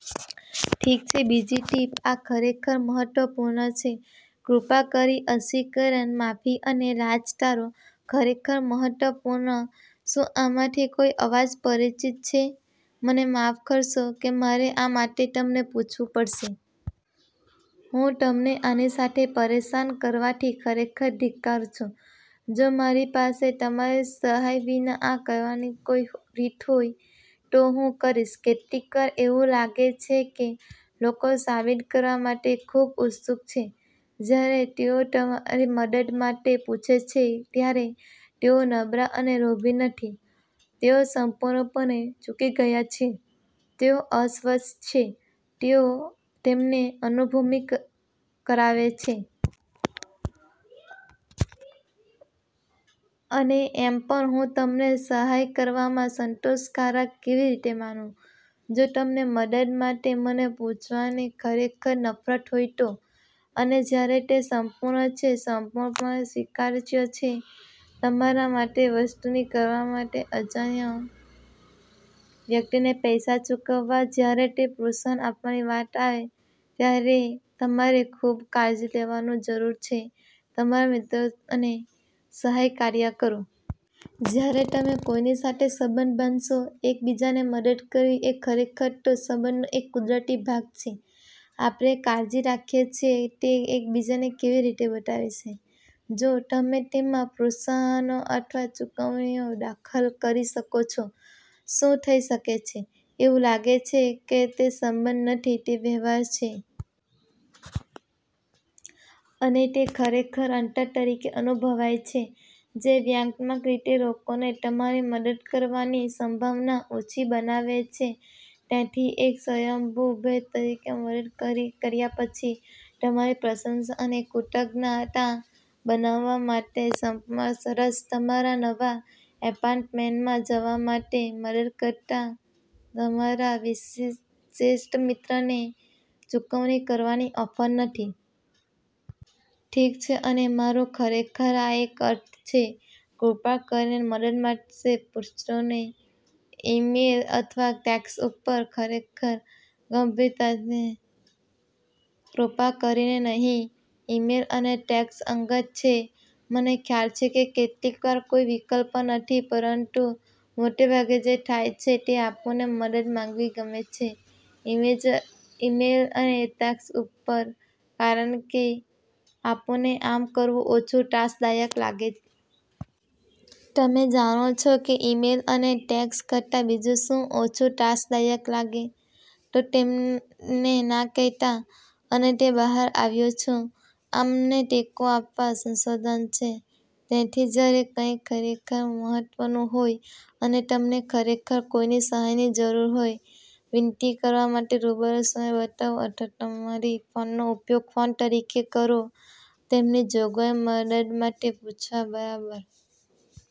ઠીક છે. બીજી ટીપ. આ ખરેખર મહત્વપૂર્ણ છે. કૃપા કરી અસ્વીકરણ, માફી અને લાંચ ટાળો. ખરેખર મહત્વપૂર્ણ. શું આમાંથી કોઈ અવાજ પરિચિત છે? મને માફ કરશો કે મારે આ માટે તમને પૂછવું પડશે. હું તમને આની સાથે પરેશાન કરવાથી ખરેખર ધિક્કારું છું. જો મારી પાસે તમારી સહાય વિના આ કરવાની કોઈ રીત હોત, તો હું કરીશ. કેટલીકવાર એવું લાગે છે કે લોકો સાબિત કરવા માટે ખૂબ ઉત્સુક છે જ્યારે તેઓ તમારી મદદ માટે પૂછે છે ત્યારે તેઓ નબળા અને લોભી નથી, તેઓ સંપૂર્ણપણે ચુકી ગયા છે, તેઓ અસ્વસ્થ છે તેઓ તમને અનુભૂતિ કરાવે છે. અને એમ પણ હું તમને સહાય કરવામાં સંતોષકારક કેવી રીતે માનું જો તમને મદદ માટે મને પૂછવાથી ખરેખર નફરત હોય તો? અને જ્યારે તે સંપૂર્ણ છે, સંપૂર્ણપણે સ્વીકાર્ય છે તમારા માટે વસ્તુઓ કરવા માટે અજાણી વ્યક્તિને પૈસા ચૂકવવા, જ્યારે તે પ્રોત્સાહન આપવાની વાત આવે ત્યારે તમારે ખૂબ કાળજી લેવાની જરૂર છે તમારા મિત્રો અને સહકાર્યકરો. જ્યારે તમે કોઈની સાથે સંબંધ બાંધશો, એક બીજાને મદદ કરવી એ ખરેખર તે સંબંધનો એક કુદરતી ભાગ છે. આપણે કાળજી રાખીએ છીએ તે એક બીજાને કેવી રીતે બતાવીશું. જો તમે તેમાં પ્રોત્સાહનો અથવા ચુકવણીઓ દાખલ કરો છો, શું થઈ શકે છે, એવું લાગે છે કે તે સંબંધ નથી, તે વ્યવહાર છે. અને તે ખરેખર અંતર તરીકે અનુભવાય છે જે વ્યંગાત્મક રીતે લોકોને તમારી મદદ કરવાની સંભાવના ઓછી બનાવે છે. તેથી એક સ્વયંભૂ ભેટ તમને મદદ કર્યા પછી તમારી પ્રશંસા અને કૃતજ્ઞતા બતાવવા માટે સંપૂર્ણ સરસ તમારા નવા એપાર્ટમેન્ટમાં જવા માટે મદદ કરતા તમારા શ્રેષ્ઠ મિત્રને ચૂકવણી કરવાની ઓફર નથી. ઠીક છે. અને મારો ખરેખર આ એક અર્થ છે, કૃપા કરીને મદદ માટે પૂછશો નહીં ઇમેઇલ અથવા ટેક્સ્ટ ઉપર. ખરેખર, ગંભીરતાથી, કૃપા કરીને નહીં. ઇમેઇલ અને ટેક્સ્ટ અંગત છે. મને ખ્યાલ છે કે કેટલીક વાર કોઈ વિકલ્પ નથી પરંતુ મોટે ભાગે જે થાય છે તે આપણને મદદ માંગવી ગમે છે ઇમેઇલ અને ટેક્સ્ટ ઉપર કારણકે આપણને આમ કરવું ઓછું ત્રાસદાયક લાગે. તમે જાણો છો કે ઇમેઇલ અને ટેક્સ્ટ કરતા બીજું શું ઓછું ત્રાસદાયક લાગે? તમને ના કહેતા. અને તે બહાર આવ્યું છે. આને ટેકો આપવા સંશોધન છે. તેથી જ્યારે કંઈક ખરેખર મહત્વનું હોય અને તમને ખરેખર કોઈની સહાયની જરૂર હોય, વિનંતી કરવા માટે રૂબરૂ સમય બનાવો અથવા તમારા ફોનનો ઉપયોગ ફોન તરીકે કરો તમને જોઈતી મદદ માટે પૂછવા બરાબર.